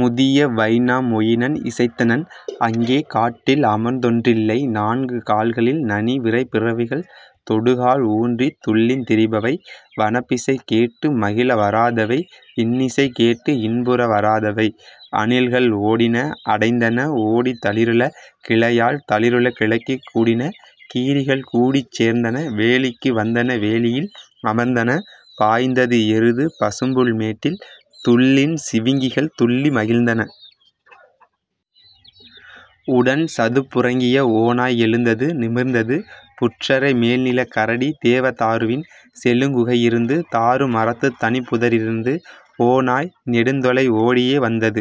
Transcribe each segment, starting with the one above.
முதிய Vainamoinen இசைத்தனன் அங்கே காட்டில் அமர்ந்தொன் றில்லை நான்கு கால்களில் நனிவிரை பிறவிகள் தொடுகால் ஊன்றித் துள்ளித் திரிபவை வனப்பிசை கேட்டு மகிழ வராதவை இன்னிசை கேட்டு இன்புற வராதவை. அணில்கள் ஓடின அடைந்தன ஓடி தளிருள கிளையால் தளிருள கிளைக்கு கூடின கீரிகள் கூடிச் சேர்ந்தன வேலிக்கு வந்தன வேலியில் அமர்ந்தன பாய்ந்தது எருது பசும்புல் மேட்டில் துள்ளின சிவிங்கிகள் துள்ளி மகிழ்ந்தன. உடன்சதுப் புறங்கிய ஓநாய் எழுந்தது நிமிர்ந்தது புற்றரை மேல்நிலக் கரடி தேவ தாருவின் செழுங்குகை யிருந்து தாரு மரத்துத் தனிப்புத ரிருந்து; ஓநாய் நெடுந்தொலை ஓடியே வந்தது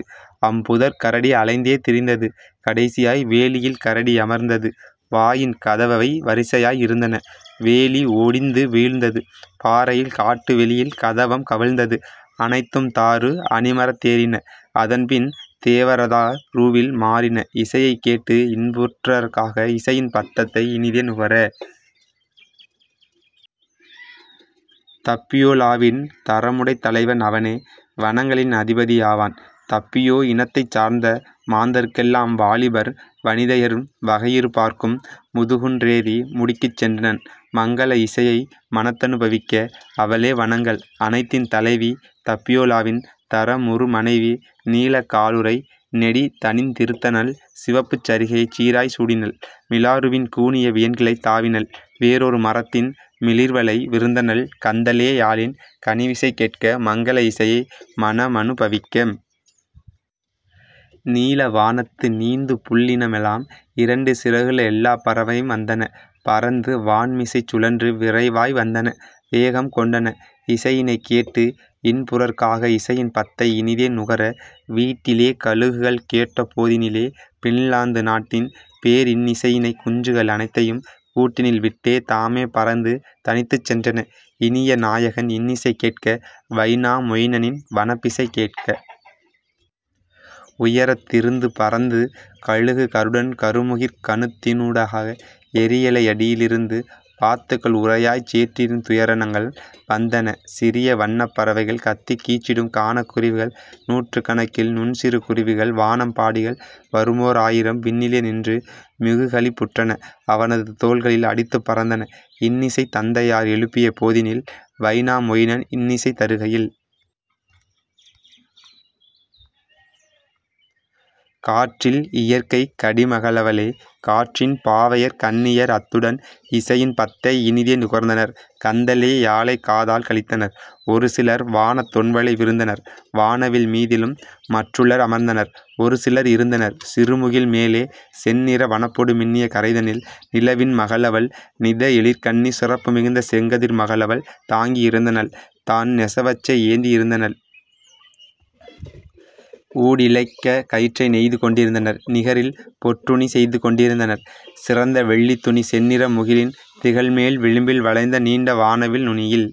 அம்புதர்க் கரடி அலைந்தே திரிந்தது கடைசியாய் வேலியில் கரடி யமர்ந்தது வாயின் கதவவை வரிசையாய் இருந்தன; வேலி ஒடிந்து வீழ்ந்தது பாறையில் காட்டு வெளியில் கதவம் கவிழ்ந்தது; அனைத்தும் தாரு அணிமரத் தேறின அதன்பின் தேவ ரதாருவில் மாறின இசையைக் கேட்டு இன்புறற் காக இசையின் பத்தை இனிதே நுகர. தப்பியோ லாவின் தரமுடைத் தலைவன் அவனே வனங்களின் அதிபதி யாவான் தப்பியோ இனத்தைச் சார்ந்தமாந் தர்க்கெலாம் வாலிபர் வனிதையர் வகையிரு பாற்கும், முதுகுன் றேறி முடிக்குச் சென்றனன் மங்கள இசையை மனத்தனு பவிக்க; அவளே வனங்கள் அனைத்தின் தலைவி தப்பியோ லாவின் தரமுறு மனைவி நீலக் காலுறை நெடிதணிந் திருந்தனள் சிவப்புச் சரிகையைச் சீராய்ச் சூடினள்; மிலாறுவின் கூனிய வியன்கிளைத் தாவினள் வேறொரு மரத்தின் மிளிர்வளை விருந்தனள் கந்தலே யாழின் கனிவிசை கேட்க மங்கள இசையை மனமனு பவிக்க. நீலவா னத்து நீந்துபுள் ளினமெலாம் இரண்டு சிறகுள எல்லாப் பறவையும் வந்தன பறந்து வான்மிசைச் சுழன்று விரைவாய் வந்தன வேகம் கொண்டன இசையினைக் கேட்டு இன்புறற் காக இசையின் பத்தை இனிதே நுகர. வீட்டிலே கழுகுகள் கேட்டபோ தினிலே பின்லாந்து நாட்டின் பேரின் னிசையினை குஞ்சுகள் னைத்தையும் கூட்டினில் விட்டே தாமே பறந்து தனித்துச் சென்றன இனிய நாயகன் இன்னிசை கேட்க வைனா மொயினனின் வனப்பிசை கேட்க. உயரத் திருந்து பறந்தது கழுகு கருடன் கருமுகிற் கணத்தினூ டாக எறியலை யடியி லிருந்து வாத் துக்கள் உறையாச் சேற்றிருந் துயரன் னங்கள்; வந்தன சிறிய வன்னப் பறவைகள் கத்திக் கீச்சிடும் கானக் குருவிகள் நூற்றுக் கணக்கில் நுண்சிறு குருவிகள் வானம் பாடிகள் வருமோ ராயிரம் விண்ணிலே நின்று மிகுகளிப் புற்றன அவனது தோள்களில் அடித்துப் பறந்தன இன்னிசை தந்தையார் எழுப்பிய போதினில் வைனா மொயினன் இன்னிசை தருகையில். காற்றில் இயற்கைக் கடிமக ளவளே காற்றின் பாவையர் கன்னியர் அத்துடன் இசையின் பத்தை இனிதே நுகர்ந்தனர் கந்தலே யாழைக் காதால் களித்தனர் ஒருசிலர் வானத் தொண்வளை விருந்தனர் வானவில் மீதிலும் மற்றுளர் அமர்ந்தனர் ஒருசிலர் இருந்தனர் சிறுமுகில் மேலே செந்நிற வனப்பொடு மின்னிய கரைதனில். நிலவின் மகளவள் நிதஎழிற் கன்னி சிறப்பு மிகுந்த செங்கதிர் மகளவள் தாங்கி யிருந்தனள் தான்நெச வச்சை ஏந்தி யிருந்தனள் ஊடிழைக் கயிற்றை நெய்துகொண் டிருந்தனர் நிகரில் பொற்றுணி செய்துகொண் டிருந்தனர் சிறந்தவெள் ளித்துணி செந்நிற முகிலின் திகழ்மேல் விளிம்பில் வளைந்த நீண்ட வானவில் நுனியில்.